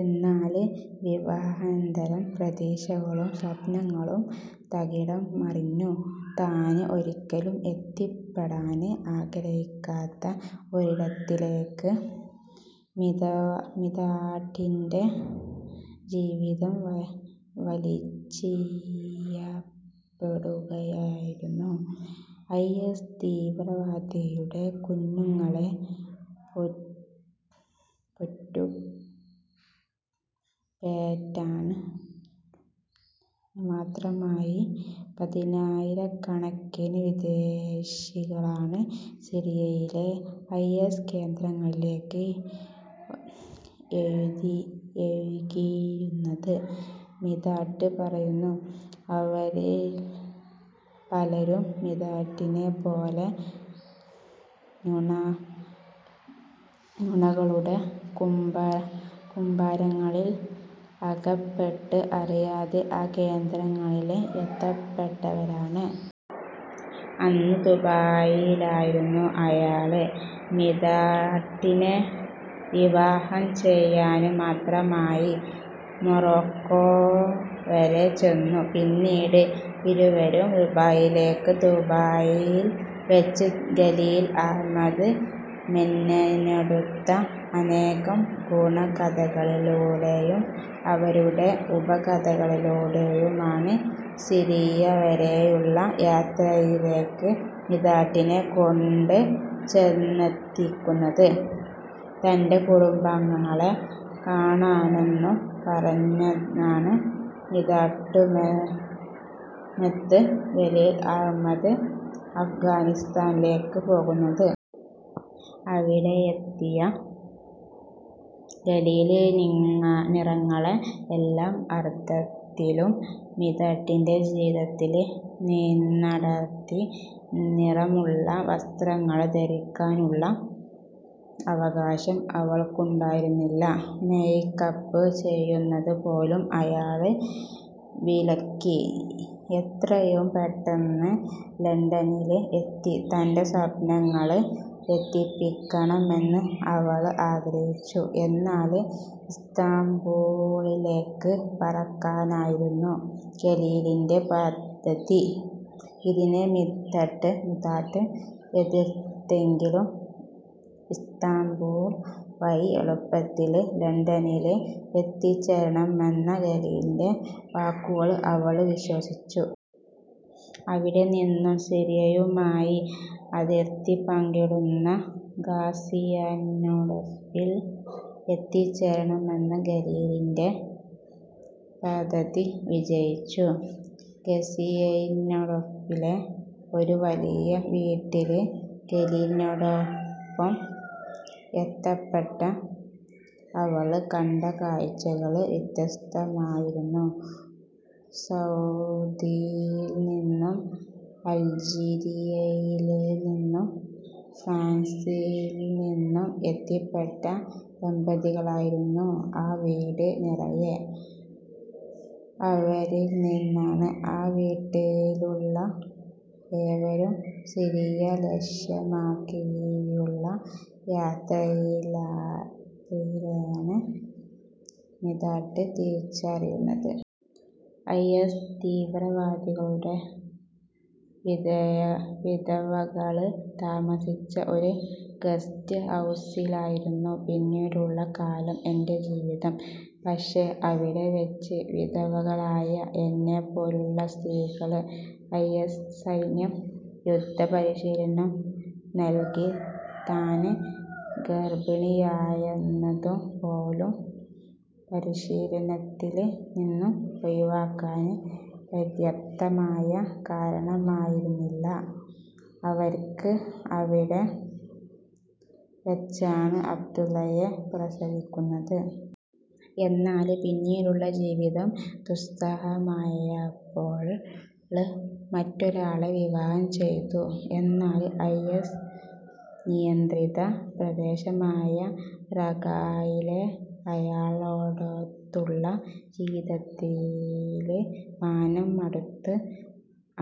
എന്നാല് വിവാഹാനന്തരം പ്രതീക്ഷകളും സ്വപ്നങ്ങളും തകിടം മറിഞ്ഞു. താന് ഒരിക്കലും എത്തിപ്പെടാന് ആഗ്രഹിക്കാത്ത ഒരിടത്തിലേക്ക് മിതാട്ടിന്റെ ജീവിതം വലിച്ചിഴയപ്പെടുകയായിരുന്നു. ഐ. എസ്. തീവ്രവാദികളുടെ കുഞ്ഞുങ്ങളെ പൊറ്റു പെറ്റാന് മാത്രമായി പതിനായിരക്കണക്കിന് വിദേശികളാണ് സിറിയയിലെ ഐ. എസ്. കേന്ദ്രങ്ങളിലേക്ക് ഏഴുകിയിരുന്നത് മിതാട്ട് പറയുന്നു. അവരില് പലരും മിതാട്ടിനെപ്പോലെ നുണകളുടെ കുമ്പാരങ്ങളില് അകപ്പെട്ട് അറിയാതെ ആ കേന്ദ്രങ്ങളില് എത്തപ്പെട്ടവരാണ്. അന്ന് ദുബായിലായിരുന്ന അയാള് മിതാട്ടിനെ വിവാഹം ചെയ്യാന് മാത്രമായി മൊറോക്ക വരെ ചെന്നു. പിന്നീട് ഇരുവരും ദുബായിലേക്ക്. ദുബായില് വെച്ച് ഖലീല് അഹമ്മദ് മെനഞ്ഞെടുത്ത അനേകം നുണക്കഥകളിലൂടെയും അവയുടെ ഉപകഥകളിലൂടെയുമാണ് സിറിയ വരെയുള്ള യാത്രയിലേക്ക് മിതാട്ടിനെ കൊണ്ട് ചെന്നെത്തിക്കുന്നത്. തന്റെ കുടുംബാംഗങ്ങളെ കാണാനെന്നു പറഞ്ഞാണ് മിതാട്ടുമത്ത് അഹമ്മദ് അഫ്ഗാനിസ്ഥാനിലേക്ക് പോകുന്നത്. അവിടെയെത്തിയ ഖലീല് നിറങ്ങളെ എല്ലാ അര്ഥത്തിലും മിതാട്ടിന്റെ ജീവിതത്തില് നിന്നടര്ത്തി. നിറമുള്ള വസ്ത്രങ്ങള് ധരിക്കാനുള്ള അവകാശം അവള്ക്കുണ്ടായിരുന്നില്ല. മെയ്ക്കപ്പ് ചെയ്യുന്നത് പോലും അയാള് വിലക്കി. എത്രയും പെട്ടെന്ന് ലണ്ടനില് എത്തി തന്റെ സ്വപ്നങ്ങള് എത്തിക്കണമെന്ന് അവള് ആഗ്രഹിച്ചു. എന്നാല് ഇസ്താംബുളിലേക്ക് പറക്കാനായിരുന്നു ഖലീലിന്റെ പദ്ധതി. ഇതിനെ മിതാട്ട് എതിര്ത്തെങ്കിലും ഇസ്താംബുള് വഴി എളുപ്പത്തില് ലണ്ടനില് എത്തിച്ചേരാമെന്ന ഖലീലിന്റെ വാക്കുകള് അവള് വിശ്വസിച്ചു. അവിടെ നിന്ന് സിറിയയുമായി അതിര്ത്തി പങ്കിടുന്ന ഗാസിയാന്ല് എത്തിച്ചേരാമെന്ന ഖലീലിന്റെ പദ്ധതി വിജയിച്ചു. ഗാസിയെന്ടെപ്പിലെ ഒരു വലിയ വീട്ടില് ഖലീലിലിനോടൊപ്പം എത്തപ്പെട്ട അവള് കണ്ട കാഴ്ച്ചകള് വ്യത്യസ്തമായിരുന്നു. സൗദിയില്നിന്നും അല്ജീരിയയില്നിന്നും ഫ്രാന്സില്നിന്നും എത്തിപ്പെട്ട ദമ്പതികളായിരുന്നു ആ വീട് നിറയെ. അവരില്നിന്നാണ് ആ വീട്ടിലുള്ള ഏവരും സിറിയ ലക്ഷ്യമാക്കിയുള്ള യാത്രയിലാണെന്ന് മിതാട്ട് തിരിച്ചറിയുന്നത്. ഐ. എസ്. തീവ്രവാദികളുടെ വിധവകള് താമസിച്ച ഒരു ഗസ്റ്റ് ഹൗസിലായിരുന്നു പിന്നീടുള്ള കാലം എന്റെ ജീവിതം. പക്ഷെ അവിടെ വെച്ച് വിധവകളായ എന്നെപ്പോലുള്ള സ്ത്രീകള്ക്ക് ഐ. എസ്. സൈന്യം യുദ്ധപരീശീലനം നല്കി. താന് ഗര്ഭിണിയാന്നതു പോലും പരിശീലനത്തില് നിന്ന് ഒഴിവാകാന് പര്യാപ്തമായ കാരണമായിരുന്നില്ല അവര്ക്ക്. അവിടെ വെച്ചാണ് അബ്ദുള്ളയെ പ്രസവിക്കുന്നത്. എന്നാല് പിന്നീടുള്ള ജീവിതം ദുസ്സഹമായപ്പോള് മറ്റൊരാളെ വിവാഹം ചെയ്തു. എന്നാല് ഐ. എസ്. നിയന്ത്രിത പ്രദേശമായ റാഖയിലെ അയാളോടൊത്തുള്ള ജീവിതത്തില് മാനം മടുത്ത്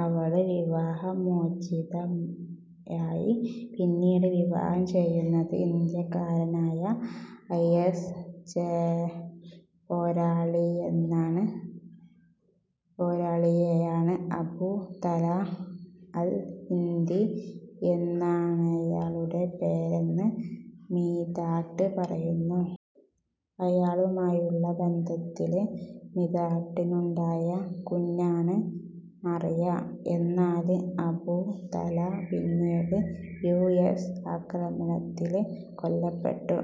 അവള് വിവാഹ മോചിതയായി. പിന്നീട് വിവാഹം ചെയ്യുന്നത് ഇന്ത്യക്കാരനായ ഐ. എസ്. പോരാളിയെയാണ് അബു തലാ അല് ഹിന്ദി എന്നാണയാളുടെ പേരെന്ന് മിതാട്ട് പറയുന്നു. അയാളുമായുള്ള ബന്ധത്തില് മിതാട്ടിനുണ്ടായ കുഞ്ഞാണ് മറിയ. എന്നാല് അബു തലാ പിന്നീട് യു എസ് ആക്രമണത്തില് കൊല്ലപ്പെട്ടു.